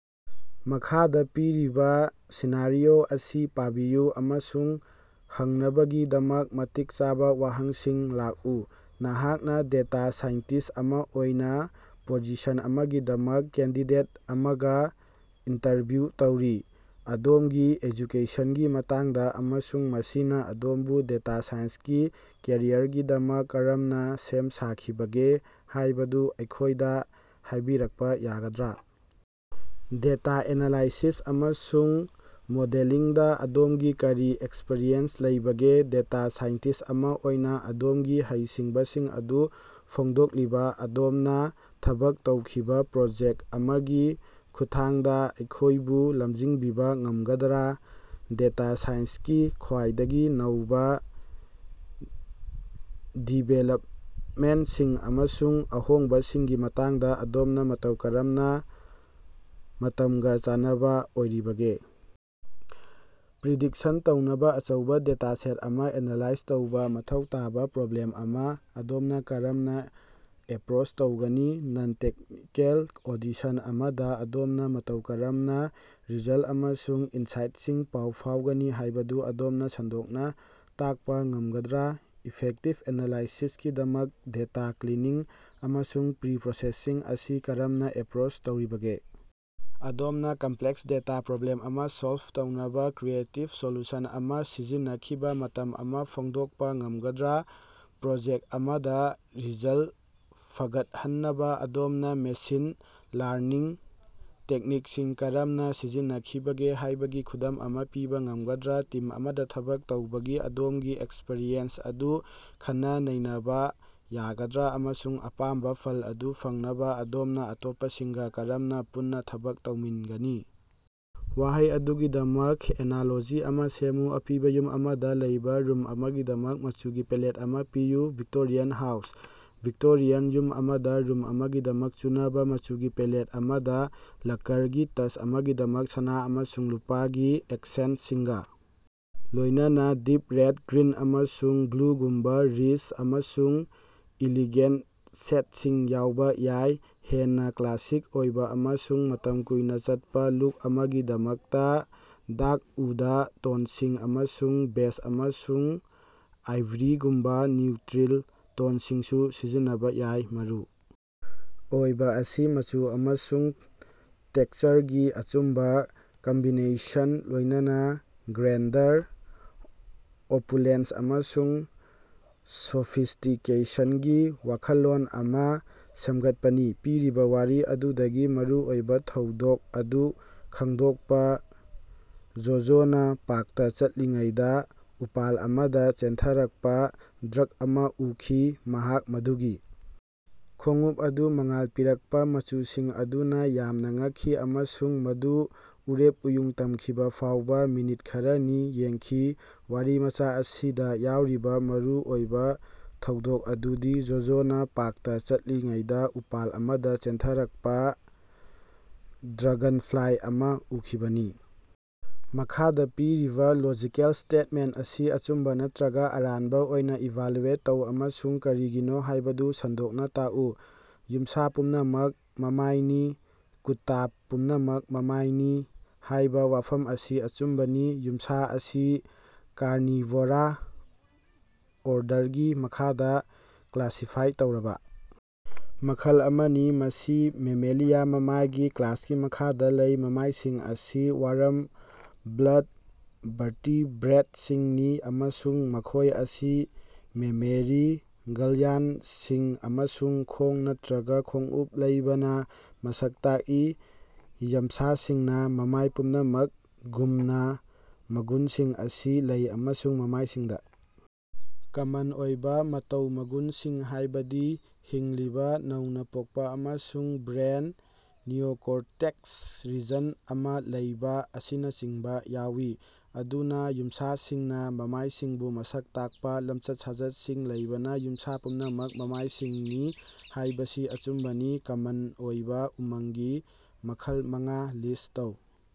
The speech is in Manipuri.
ꯃꯈꯥꯗ ꯄꯤꯔꯤꯕ ꯁꯤꯅꯥꯔꯤꯑꯣ ꯑꯁꯤ ꯄꯥꯕꯤꯌꯨ ꯑꯃꯁꯨꯡ ꯍꯪꯅꯕꯒꯤꯗꯃꯛ ꯃꯇꯤꯛ ꯆꯥꯕ ꯋꯥꯍꯪꯁꯤꯡ ꯂꯥꯛꯎ꯫ ꯅꯍꯥꯛꯅ ꯗꯦꯇꯥ ꯁꯥꯏꯟꯇꯤꯁ ꯑꯃ ꯑꯣꯏꯅ ꯄꯣꯖꯤꯁꯟ ꯑꯃꯒꯤꯗꯃꯛ ꯀꯦꯟꯗꯤꯗꯦꯠ ꯑꯃꯒ ꯏꯟꯇꯔꯚ꯭꯭ꯌꯨ ꯇꯧꯔꯤ꯫ ꯑꯗꯣꯝꯒꯤ ꯑꯦꯖꯨꯀꯦꯁꯟꯒꯤ ꯃꯇꯥꯡꯗ ꯑꯃꯁꯨꯡ ꯃꯁꯤꯅ ꯑꯗꯣꯝꯕꯨ ꯗꯦꯇꯥ ꯁꯥꯏꯟꯁꯀꯤ ꯀꯦꯔꯤꯌꯔꯒꯤꯗꯃꯛ ꯀꯔꯝꯅ ꯁꯦꯝ ꯁꯥꯈꯤꯕꯒꯦ ꯍꯥꯏꯕꯗꯨ ꯑꯩꯈꯣꯏꯗ ꯍꯥꯏꯕꯤꯔꯛꯄ ꯌꯥꯒꯗ꯭꯭ꯔꯥ? ꯗꯦꯇꯥ ꯑꯦꯅꯥꯂꯥꯏꯁꯤꯁ ꯑꯃꯁꯨꯡ ꯃꯣꯗꯦꯂꯤꯡꯗ ꯑꯗꯣꯝꯒꯤ ꯀꯔꯤ ꯑꯦꯛꯁ꯭ꯄꯔꯤꯌꯦꯟꯁ ꯂꯩꯕꯒꯦ? ꯗꯦꯇꯥ ꯁꯥꯏꯟꯇꯤꯁ ꯑꯃ ꯑꯣꯏꯅ ꯑꯗꯣꯝꯒꯤ ꯍꯩꯁꯤꯡꯕꯁꯤꯡ ꯑꯗꯨ ꯐꯣꯡꯗꯣꯛꯂꯤꯕ ꯑꯗꯣꯝꯅ ꯊꯕꯛ ꯇꯧꯈꯤꯕ ꯄ꯭ꯔꯣꯖꯦꯛꯇ ꯑꯃꯒꯤ ꯈꯨꯠꯊꯥꯡꯗ ꯑꯩꯈꯣꯏꯕꯨ ꯂꯝꯖꯤꯡꯕꯤꯕ ꯉꯝꯒꯗ꯭ꯔ? ꯗꯦꯇꯥ ꯁꯥꯏꯟꯁꯀꯤ ꯈ꯭ꯋꯥꯏꯗꯒꯤ ꯅꯧꯕ ꯗꯤꯕꯦꯂꯞꯃꯦꯟꯇꯁꯤꯡ ꯑꯃꯁꯨꯡ ꯑꯍꯣꯡꯕꯁꯤꯡꯒꯤ ꯃꯇꯥꯡꯗ ꯑꯗꯣꯝꯅ ꯃꯇꯧ ꯀꯔꯝꯅ ꯃꯇꯝꯒ ꯆꯥꯟꯅꯕ ꯑꯣꯏꯔꯤꯕꯒꯦ? ꯄ꯭꯭ꯔꯤꯗꯤꯛꯁꯟ ꯇꯧꯅꯕ ꯑꯆꯧꯕ ꯗꯦꯇꯥꯁꯦꯠ ꯑꯃ ꯑꯦꯅꯥꯂꯥꯏꯖ ꯇꯧꯕ ꯃꯊꯧ ꯇꯥꯕ ꯄ꯭ꯔꯣꯕ꯭ꯂꯦꯝ ꯑꯃ ꯑꯗꯣꯝꯅ ꯀꯔꯝꯅ ꯑꯦꯄ꯭ꯔꯣꯆ ꯇꯧꯒꯅꯤ? ꯅꯟ-ꯇꯦꯛꯅꯤꯀꯦꯜ ꯑꯣꯗꯤꯁꯟ ꯑꯃꯗ ꯑꯗꯣꯝꯅ ꯃꯇꯧ ꯀꯔꯝꯅ ꯔꯤꯖꯜꯠ ꯑꯃꯁꯨꯡ ꯏꯟꯁꯥꯏꯠꯁꯤꯡ ꯄꯥꯎ ꯐꯥꯎꯒꯅꯤ ꯍꯥꯏꯕꯗꯨ ꯑꯗꯣꯝꯅ ꯁꯟꯗꯣꯛꯅ ꯇꯥꯛꯄ ꯉꯝꯒꯗ꯭ꯔꯥ? ꯏꯐꯦꯛꯇꯤꯚ ꯑꯦꯅꯥꯂꯥꯏꯁꯤꯁꯀꯤꯗꯃꯛ ꯗꯦꯇꯥ ꯀ꯭꯭ꯂꯤꯅꯤꯡ ꯑꯃꯁꯨꯡ ꯄ꯭ꯔꯤ-ꯄ꯭꯭ꯔꯣꯁꯦꯁꯤꯡ ꯑꯁꯤ ꯀꯔꯝꯅ ꯑꯦꯄ꯭ꯔꯣꯆ ꯇꯧꯔꯤꯕꯒꯦ? ꯑꯗꯣꯝꯅ ꯀꯝꯄꯂꯦꯛꯁ ꯗꯦꯇꯥ ꯄꯔꯣꯕ꯭꯭ꯂꯦꯝ ꯑꯃ ꯁꯣꯜꯕ ꯇꯧꯅꯕ ꯀ꯭꯭ꯔꯤꯌꯦꯇꯤꯕ ꯁꯣꯂꯨꯁꯟ ꯑꯃ ꯁꯤꯖꯤꯟꯅꯈꯤꯕ ꯃꯇꯝ ꯑꯃ ꯐꯣꯡꯗꯣꯛꯄ ꯉꯝꯒꯗ꯭ꯔꯥ? ꯄ꯭꯭ꯔꯣꯖꯦꯛꯇ ꯑꯃꯗ ꯔꯤꯖꯜꯇ ꯐꯒꯠꯍꯟꯅꯕ ꯑꯗꯣꯝꯅ ꯃꯦꯁꯤꯟ ꯂꯥꯔꯅꯤꯡ ꯇꯦꯛꯅꯤꯛꯁꯤꯡ ꯀꯔꯝꯅ ꯁꯤꯖꯤꯟꯅꯈꯤꯕꯒꯦ ꯍꯥꯏꯕꯒꯤ ꯈꯨꯗꯝ ꯑꯃ ꯄꯤꯕ ꯉꯝꯒꯗ꯭ꯔ? ꯇꯤꯝ ꯑꯃꯗ ꯊꯕꯛ ꯇꯧꯕꯒꯤ ꯑꯗꯣꯝꯒꯤ ꯑꯦꯛꯁ꯭ꯄꯔꯤꯌꯦꯟꯁ ꯑꯗꯨ ꯈꯟꯅ-ꯅꯩꯅꯕ ꯌꯥꯒꯗ꯭꯭ꯔ, ꯑꯃꯁꯨꯡ ꯑꯄꯥꯝꯕ ꯐꯜ ꯑꯗꯨ ꯐꯪꯅꯕ ꯑꯗꯣꯝꯅ ꯑꯇꯣꯞꯄꯁꯤꯡꯒ ꯀꯔꯝꯅ ꯄꯨꯟꯅ ꯊꯕꯛ ꯇꯧꯃꯤꯟꯒꯅꯤ? ꯋꯥꯍꯩ ꯑꯗꯨꯒꯤꯗꯃꯛ ꯑꯦꯅꯥꯂꯣꯖꯤ ꯑꯃ ꯁꯦꯝꯃꯨ꯫ ꯑꯄꯤꯕ ꯌꯨꯝ ꯑꯃꯗ ꯂꯩꯕ ꯔꯨꯝ ꯑꯃꯒꯤꯗꯃꯛ ꯃꯆꯨꯒꯤ ꯄꯦꯂꯦꯠ ꯑꯃ ꯄꯤꯌꯨ꯫ Victorian house. ꯚꯤꯛꯇꯣꯔꯤꯌꯥꯟ ꯌꯨꯝ ꯑꯃꯗ ꯔꯨꯝ ꯑꯃꯒꯤꯗꯃꯛ ꯆꯨꯅꯕ ꯃꯆꯨꯒꯤ ꯄꯦꯂꯦꯠ ꯑꯃꯗ ꯂꯛꯀꯔꯒꯤ ꯇꯆ ꯑꯃꯒꯤꯗꯃꯛ ꯁꯅꯥ ꯑꯃꯁꯨꯡ ꯂꯨꯄꯥꯒꯤ ꯑꯦꯀꯁꯦꯟꯠꯁꯤꯡꯒ ꯂꯣꯏꯅꯅ ꯗꯤꯞ ꯔꯦꯗ, ꯒ꯭꯭ꯔꯤꯟ, ꯑꯃꯁꯨꯡ ꯕ꯭꯭ꯂꯨꯒꯨꯝꯕ ꯔꯤꯆ ꯑꯃꯁꯨꯡ ꯏꯂꯤꯒꯦꯟꯇ ꯁꯦꯠꯁꯤꯡ ꯌꯥꯎꯕ ꯌꯥꯏ꯫ ꯍꯦꯟꯅ ꯀ꯭꯭ꯂꯥꯁꯤꯛ ꯑꯣꯏꯕ ꯑꯃꯁꯨꯡ ꯃꯇꯝ ꯀꯨꯏꯅ ꯆꯠꯄ ꯂꯨꯛ ꯑꯃꯒꯤꯗꯃꯛꯇ ꯗꯥ꯭ꯔꯛ ꯎꯗ ꯇꯣꯟꯁꯤꯡ ꯑꯃꯁꯨꯡ ꯕꯦꯖ ꯑꯃꯁꯨꯡ ꯑꯥꯏꯚꯔꯤꯒꯨꯝꯕ ꯅ꯭꯭ꯌꯨꯇꯔꯤꯜ ꯇꯣꯟꯁꯤꯡꯁꯨ ꯁꯤꯖꯤꯟꯅꯕ ꯌꯥꯏ꯫ ꯃꯔꯨ ꯑꯣꯏꯕ ꯑꯁꯤ ꯃꯆꯨ ꯑꯃꯁꯨꯡ ꯇꯦꯛꯁꯆꯔꯒꯤ ꯑꯆꯨꯝꯕ ꯀꯝꯕꯤꯅꯦꯁꯟꯒ ꯂꯣꯏꯅꯅ ꯒ꯭ꯔꯦꯟꯗꯔ, ꯑꯣꯄꯨꯂꯦꯟꯁ ꯑꯃꯁꯨꯡ ꯁꯣꯐꯤꯁ꯭ꯇꯤꯀꯦꯁꯟꯒꯤ ꯋꯥꯈꯜꯂꯣꯟ ꯑꯃ ꯁꯦꯝꯒꯠꯄꯅꯤ꯫ ꯄꯤꯔꯤꯕ ꯋꯥꯔꯤ ꯑꯗꯨꯗꯒꯤ ꯃꯔꯨꯑꯣꯏꯕ ꯊꯧꯗꯣꯛ ꯑꯗꯨ ꯈꯪꯗꯣꯛꯄ꯫ ꯖꯣꯖꯣꯅ ꯄꯥꯔꯛꯇ ꯆꯠꯂꯤꯉꯩꯗ ꯎꯄꯥꯜ ꯑꯃꯗ ꯆꯦꯟꯊꯔꯛꯄ ꯗ꯭ꯔꯒ ꯑꯃ ꯎꯈꯤ꯫ ꯃꯍꯥꯛ ꯃꯗꯨꯒꯤ ꯈꯣꯡꯎꯞ ꯑꯗꯨ ꯃꯉꯥꯜ ꯄꯤꯔꯛꯄ ꯃꯆꯨꯁꯤꯡ ꯑꯗꯨꯅ ꯌꯥꯝꯅ ꯉꯛꯈꯤ ꯑꯃꯁꯨꯡ ꯃꯗꯨ ꯎꯔꯦꯞ ꯎꯌꯨꯡ ꯇꯝꯈꯤꯕ ꯐꯥꯎꯕ ꯃꯤꯅꯤꯠ ꯈꯔꯅꯤ ꯌꯦꯡꯈꯤ꯫ ꯋꯥꯔꯤꯃꯆꯥ ꯑꯁꯤꯗ ꯌꯥꯎꯔꯤꯕ ꯃꯔꯨ ꯑꯣꯏꯕ ꯊꯧꯗꯣꯛ ꯑꯗꯨꯗꯤ ꯖꯣꯖꯣꯅꯥ ꯄꯥꯔꯛꯇꯥ ꯆꯠꯂꯤꯉꯩꯗ ꯎꯄꯥꯜ ꯑꯃꯗ ꯆꯦꯟꯊꯔꯛꯄ ꯗ꯭ꯔꯒꯟꯐ꯭ꯂꯥꯏ ꯑꯃ ꯎꯈꯤꯕꯅꯤ꯫ ꯃꯈꯥꯗ ꯄꯤꯔꯤꯕ ꯂꯣꯖꯤꯀꯦꯜ ꯁ꯭ꯇꯦꯠꯃꯦꯟꯇ ꯑꯁꯤ ꯑꯆꯨꯝꯕ ꯅꯠꯇꯔꯒ ꯑꯔꯥꯟꯕ ꯑꯣꯏꯅ ꯏꯚꯥꯂ꯭ꯌꯨꯑꯦꯠ ꯇꯧ ꯑꯃꯁꯨꯡ ꯀꯔꯤꯒꯤꯅꯣ ꯍꯥꯏꯕꯗꯨ ꯁꯟꯗꯣꯛꯅ ꯇꯥꯛꯎ: ꯌꯨꯝꯁꯥ ꯄꯨꯝꯅꯃꯛ ꯃꯃꯥꯏꯅꯤ꯫ "ꯀꯨꯠꯇꯥ ꯄꯨꯝꯅꯃꯛ ꯃꯃꯥꯏꯅꯤ" ꯍꯥꯏꯕ ꯋꯥꯐꯝ ꯑꯁꯤ ꯑꯆꯨꯝꯕꯅꯤ꯫ ꯌꯨꯝꯁꯥ ꯑꯁꯤ ꯀꯥꯔꯅꯤꯚꯣꯔꯥ ꯑꯣꯔꯗꯔꯒꯤ ꯃꯈꯥꯗ ꯀ꯭꯭ꯂꯥꯁꯤꯐꯥꯏ ꯇꯧꯔꯕ ꯃꯈꯜ ꯑꯃꯅꯤ, ꯃꯁꯤ ꯃꯦꯃꯦꯂꯤꯌꯥ ꯃꯃꯥꯏꯒꯤ ꯀ꯭꯭ꯂꯥꯁꯀꯤ ꯃꯈꯥꯗ ꯂꯩ꯫ ꯃꯃꯥꯏꯁꯤꯡ ꯑꯁꯤ ꯋꯥꯔꯝ ꯕ꯭ꯂꯗ ꯚꯔꯇꯤꯕ꯭ꯔꯦꯠꯁꯤꯡꯅꯤ ꯑꯃꯁꯨꯡ ꯃꯈꯣꯏ ꯑꯁꯤ ꯃꯦꯃꯦꯔꯤ ꯒ꯭ꯜꯌꯥꯟꯗꯁꯤꯡ ꯑꯃꯁꯨꯡ ꯈꯣꯡ ꯅꯠꯇꯔꯒ ꯈꯣꯡꯎꯞ ꯂꯩꯕꯅ ꯃꯁꯛ ꯇꯥꯛꯏ꯫ ꯌꯝꯁꯥꯁꯤꯡꯅ, ꯃꯃꯥꯏ ꯄꯨꯝꯅꯃꯛꯒꯨꯝꯅ, ꯃꯒꯨꯟꯁꯤꯡ ꯑꯁꯤ ꯂꯩ ꯑꯃꯁꯨꯡ ꯃꯃꯥꯏꯁꯤꯡꯗ ꯀꯃꯟ ꯑꯣꯏꯕ ꯃꯇꯧ ꯃꯒꯨꯟꯁꯤꯡ, ꯍꯥꯏꯕꯗꯤ ꯍꯤꯡꯂꯤꯕ ꯅꯧꯅ ꯄꯣꯛꯄ ꯑꯃꯁꯨꯡ ꯕ꯭ꯔꯦꯟꯗ ꯅꯤꯑꯣꯀꯣꯔꯇꯦꯛꯁ ꯔꯤꯖꯟ ꯑꯃ ꯂꯩꯕ ꯑꯁꯤꯅꯆꯤꯡꯕꯥ ꯌꯥꯎꯏ꯫ ꯑꯗꯨꯅ, ꯌꯨꯝꯁꯥꯁꯤꯡꯅ ꯃꯃꯥꯏꯁꯤꯡꯕꯨ ꯃꯁꯛ ꯇꯥꯛꯄ ꯂꯝꯆꯠ-ꯁꯥꯖꯠꯁꯤꯡ ꯂꯩꯕꯅ, ꯌꯨꯝꯁꯥ ꯄꯨꯝꯅꯃꯛ ꯃꯃꯥꯏꯁꯤꯡꯅꯤ ꯍꯥꯏꯕꯁꯤ ꯑꯆꯨꯝꯕꯅꯤ꯫ ꯀꯃꯟ ꯑꯣꯏꯕ ꯎꯃꯪꯒꯤ ꯃꯈꯜ ꯃꯉꯥ ꯂꯤꯁ꯭ꯠ ꯇꯧ꯫